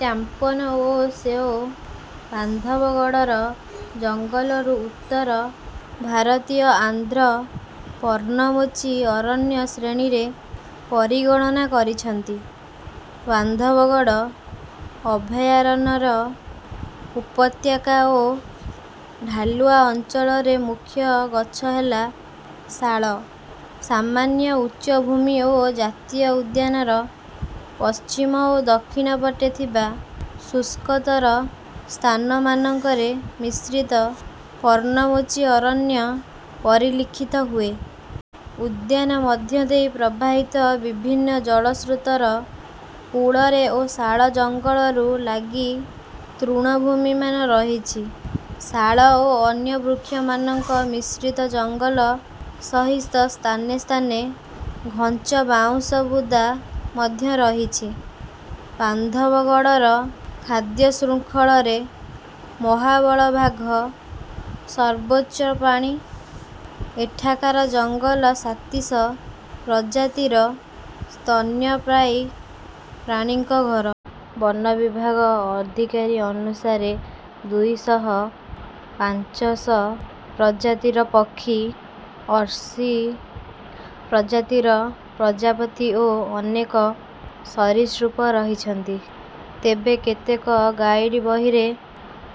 ଚାମ୍ପନ୍ ଓ ସେଓ ବାନ୍ଧବଗଡ଼ର ଜଙ୍ଗଲରୁ ଉତ୍ତର ଭାରତୀୟ ଆର୍ଦ୍ର ପର୍ଣ୍ଣମୋଚୀ ଅରଣ୍ୟ ଶ୍ରେଣୀରେ ପରିଗଣନା କରିଛନ୍ତି। ବାନ୍ଧବଗଡ଼ ଅଭୟାରଣ୍ୟର ଉପତ୍ୟକା ଓ ଢାଲୁଆ ଅଞ୍ଚଳରେ ମୁଖ୍ୟ ଗଛ ହେଲା ଶାଳ। ସାମାନ୍ୟ ଉଚ୍ଚ ଭୂମି ଓ ଜାତୀୟ ଉଦ୍ୟାନର ପଶ୍ଚିମ ଓ ଦକ୍ଷିଣ ପଟେ ଥିବା ଶୁଷ୍କତର ସ୍ଥାନମାନଙ୍କରେ ମିଶ୍ରିତ ପର୍ଣ୍ଣମୋଚୀ ଅରଣ୍ୟ ପରିଲକ୍ଷିତ ହୁଏ। ଉଦ୍ୟାନ ମଧ୍ୟ ଦେଇ ପ୍ରବାହିତ ବିଭିନ୍ନ ଜଳସ୍ରୋତର କୂଳରେ ଓ ଶାଳ ଜଙ୍ଗଲରୁ ଲାଗି ତୃଣଭୂମିମାନ ରହିଛି। ଶାଳ ଓ ଅନ୍ୟ ବୃକ୍ଷମାନଙ୍କ ମିଶ୍ରିତ ଜଙ୍ଗଲ ସହିତ ସ୍ଥାନେ ସ୍ଥାନେ ଘଞ୍ଚ ବାଉଁଶ ବୁଦା ମଧ୍ୟ ରହିଛି। ବାନ୍ଧବଗଡ଼ର ଖାଦ୍ୟଶୃଙ୍ଖଳାରେ ମହାବଳ ବାଘ ସର୍ବୋଚ୍ଚ ପ୍ରାଣୀ। ଏଠାକାର ଜଙ୍ଗଲ ସାତିଶ ପ୍ରଜାତିର ସ୍ତନ୍ୟପାୟୀ ପ୍ରାଣୀଙ୍କ ଘର। ବନ ବିଭାଗ ଅଧିକାରୀଙ୍କ ଅନୁସାରେ ଦୁଇ ଶହ ପାଞ୍ଚଶ ପ୍ରଜାତିର ପକ୍ଷୀ, ଅଶୀ ପ୍ରଜାତିର ପ୍ରଜାପତି ଓ ଅନେକ ସରୀସୃପ ରହିଛନ୍ତି। ତେବେ କେତେକ ଗାଇଡ୍ ବହିରେ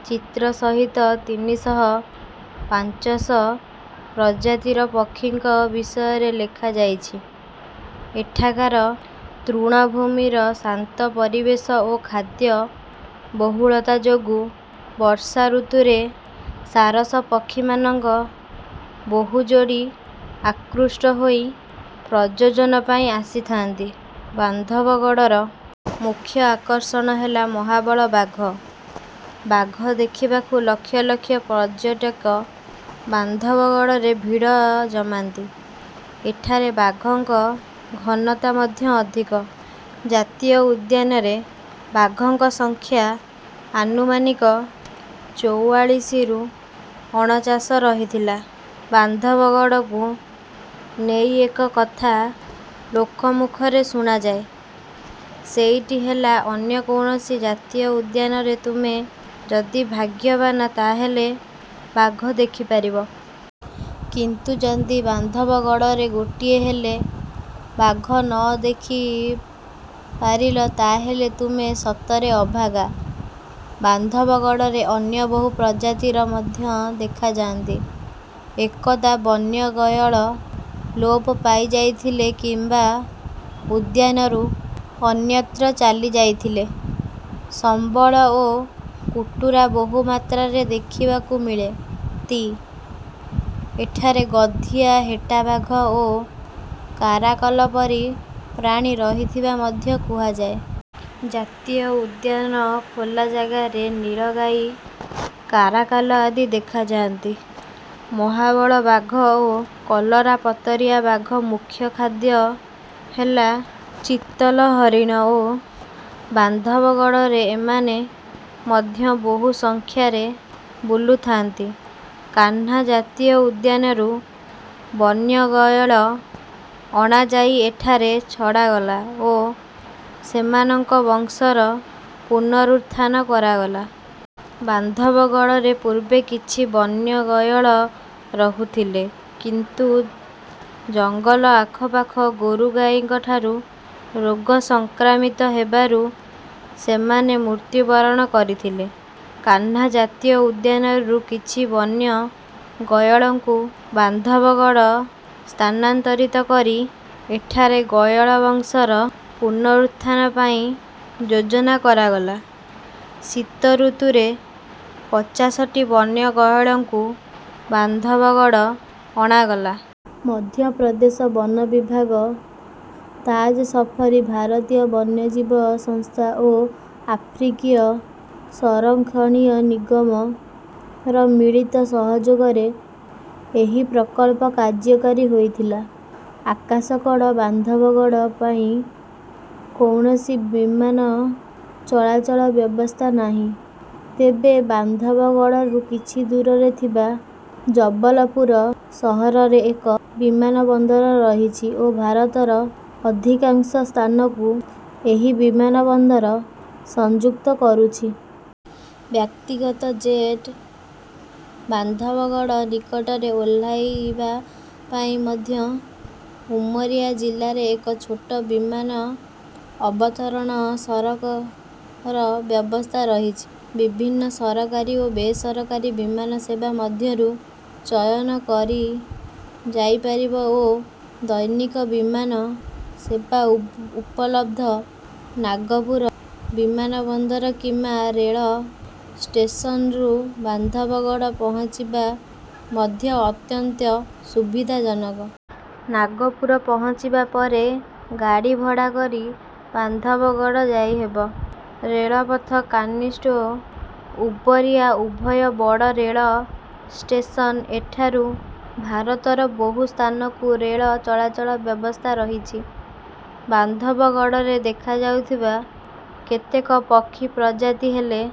ଚିତ୍ର ସହିତ ତିନି ଶହ ପାଞ୍ଚଶ ପ୍ରଜାତିର ପକ୍ଷୀଙ୍କ ବିଷୟରେ ଲେଖା ହୋଇଛି। ଏଠାକାର ତୃଣଭୂମିର ଶାନ୍ତ ପରିବେଶ ଓ ଖାଦ୍ୟ ବହୁଳତା ଯୋଗୁଁ ବର୍ଷାଋତୁରେ ସାରସ ପକ୍ଷୀମାନଙ୍କ ବହୁ ଯୋଡ଼ି ଆକୃଷ୍ଟ ହୋଇ ପ୍ରଜନନ ପାଇଁ ଆସିଥାନ୍ତି। ବାନ୍ଧବଗଡ଼ର ମୁଖ୍ୟ ଆକର୍ଷଣ ହେଲା ମହାବଳ ବାଘ। ବାଘ ଦେଖିବାକୁ ଲକ୍ଷ ଲକ୍ଷ ପର୍ଯ୍ୟଟକ ବାନ୍ଧବଗଡ଼ରେ ଭିଡ଼ ଜମାନ୍ତି। ଏଠାରେ ବାଘଙ୍କ ଘନତା ମଧ୍ୟ ଅଧିକ। ଜାତୀୟ ଉଦ୍ୟାନରେ ବାଘଙ୍କ ସଂଖ୍ୟା ଆନୁମାନିକ ଚୌଆଳିଶିରୁ ଅନଚାଶ ରହିଥିଲା। ବାନ୍ଧବଗଡ଼କୁ ନେଇ ଏକ କଥା ଲୋକମୁଖରେ ଶୁଣାଯାଏ। ସେଇଟି ହେଲା ଅନ୍ୟ କୌଣସି ଜାତୀୟ ଉଦ୍ୟାନରେ ତୁମେ ଯଦି ଭାଗ୍ୟବାନ୍, ତା'ହେଲେ ବାଘ ଦେଖିପାରିବ। କିନ୍ତୁ ଯଦି ବାନ୍ଧବଗଡ଼ରେ ଗୋଟିଏ ହେଲେ ବାଘ ନ ଦେଖିପାରିଲ, ତା'ହେଲେ ତୁମେ ସତରେ ଅଭାଗା। ବାନ୍ଧବଗଡ଼ରେ ଅନ୍ୟ ବହୁ ପ୍ରଜାତି ମଧ୍ୟ ଦେଖାଯାନ୍ତି। ଏକଦା ବନ୍ୟ ଗୟଳ ଲୋପ ପାଇଯାଇଥିଲେ କିମ୍ବା ଉଦ୍ୟାନରୁ ଅନ୍ୟତ୍ର ଚାଲିଯାଇଥିଲେ। ସମ୍ବର ଓ କୁଟୁରା ବହୁମାତ୍ରାରେ ଦେଖିବାକୁ ମିଳନ୍ତି। ଏଠାରେ ଗଧିଆ, ହେଟା ବାଘ ଓ କାରାକାଲ୍ ପରି ପ୍ରାଣୀ ରହିଥିବା ମଧ୍ୟ କୁହାଯାଏ। ଜାତୀୟ ଉଦ୍ୟାନର ଖୋଲା ଜାଗାରେ ନୀଳଗାଈ, କାରାକାଲ୍ ଆଦି ଦେଖାଯାନ୍ତି। ମହାବଳ ବାଘ ଓ କଲରାପତରିଆ ବାଘଙ୍କ ମୁଖ୍ୟ ଖାଦ୍ୟ ହେଲା ଚିତଲ୍ ହରିଣ ଓ ବାନ୍ଧବଗଡ଼ରେ ଏମାନେ ମଧ୍ୟ ବହୁ ସଂଖ୍ୟାରେ ବୁଲୁଥାନ୍ତି। କାହ୍ନା ଜାତୀୟ ଉଦ୍ୟାନରୁ ବନ୍ୟ ଗୟଳ ଅଣାଯାଇ ଏଠାରେ ଛଡ଼ାଗଲା ଓ ସେମାନଙ୍କ ବଂଶର ପୁନରୁତ୍ଥାନ କରାଗଲା। ବାନ୍ଧବଗଡ଼ରେ ପୂର୍ବେ କିଛି ବନ୍ୟ ଗୟଳ ରହୁଥିଲେ। କିନ୍ତୁ ଜଙ୍ଗଲ ଆଖାପାଖି ଗୋରୁଗାଈଙ୍କଠାରୁ ରୋଗ ସଂକ୍ରମିତ ହେବାରୁ ଏମାନେ ମୃତ୍ୟୁବରଣ କରିଥିଲେ। କାହ୍ନା ଜାତୀୟ ଉଦ୍ୟାନରୁ କିଛି ବନ୍ୟ ଗୟଳଙ୍କୁ ବାନ୍ଧବଗଡ଼ ସ୍ଥାନାନ୍ତରିତ କରି ଏଠାରେ ଗୟଳ ବଂଶର ପୁନରୁତ୍ଥାନ ପାଇଁ ଯୋଜନା କରାଗଲା। ଶୀତଋତୁରେ ପଚାଶଟି ବନ୍ୟ ଗୟଳଙ୍କୁ ବାନ୍ଧବଗଡ଼ ଅଣାଗଲା। ମଧ୍ୟପ୍ରଦେଶ ବନ ବିଭାଗ, ତାଜ ସଫାରୀ, ଭାରତୀୟ ବନ୍ୟଜୀବ ସଂସ୍ଥା ଓ ଆଫ୍ରିକୀୟ ସଂରକ୍ଷଣ ନିଗମର ମିଳିତ ସହଯୋଗରେ ଏହି ପ୍ରକଳ୍ପ କାର୍ଯ୍ୟକାରୀ ହୋଇଥିଲା। ଆକାଶପଥ ବାନ୍ଧବଗଡ଼ ପାଇଁ କୌଣସି ବିମାନ ଚଳାଚଳ ବ୍ୟବସ୍ଥା ନାହିଁ। ତେବେ ବାନ୍ଧବଗଡ଼ରୁ କିଛି ଦୂରତାରେ ଥିବା ଜବଲପୁର ସହରରେ ଏକ ବିମାନବନ୍ଦର ରହିଛି ଓ ଭାରତର ଅଧିକାଂଶ ସ୍ଥାନକୁ ଏହି ବିମାନବନ୍ଦର ସଂଯୁକ୍ତ କରୁଛି। ବ୍ୟକ୍ତିଗତ ଜେଟ୍ ବାନ୍ଧବଗଡ଼ ନିକଟରେ ଓହ୍ଲାଇବା ପାଇଁ ମଧ୍ୟ ଉମରିଆ ଜିଲ୍ଲାରେ ଏକ ଛୋଟ ବିମାନ ଅବତରଣ ସରକର ବ୍ୟବସ୍ଥା ରହିଛି। ବିଭିନ୍ନ ସରକାରୀ ଓ ବେସରକାରୀ ବିମାନ ସେବା ମଧ୍ୟରୁ ଚୟନ କରିଯାଇପାରିବ ଓ ଦୈନିକ ବିମାନ ସେବା ଉପଲବ୍ଧ। ନାଗପୁର ବିମାନବନ୍ଦର କିମ୍ବା ରେଳ ଷ୍ଟେସନରୁ ବାନ୍ଧବଗଡ଼ ପହଞ୍ଚିବା ମଧ୍ୟ ଅତ୍ୟନ୍ତ ସୁବିଧାଜନକ। ନାଗପୁର ପହଞ୍ଚିବା ପରେ ଗାଡ଼ି ଭଡ଼ା କରି ବାନ୍ଧବଗଡ଼ ଯାଇହେବ। ରେଳପଥ କାଟ୍ନି ଓ ଉମରିଆ ଉଭୟ ବଡ଼ ରେଳ ଷ୍ଟେସନ୍। ଏଠାରୁ ଭାରତର ବହୁ ସ୍ଥାନକୁ ରେଳ ଚଳାଚଳ ବ୍ୟବସ୍ଥା ରହିଛି। ବାନ୍ଧବଗଡ଼ରେ ଦେଖାଯାଉଥିବା କେତେକ ପକ୍ଷୀ ପ୍ରଜାତି ହେଲେ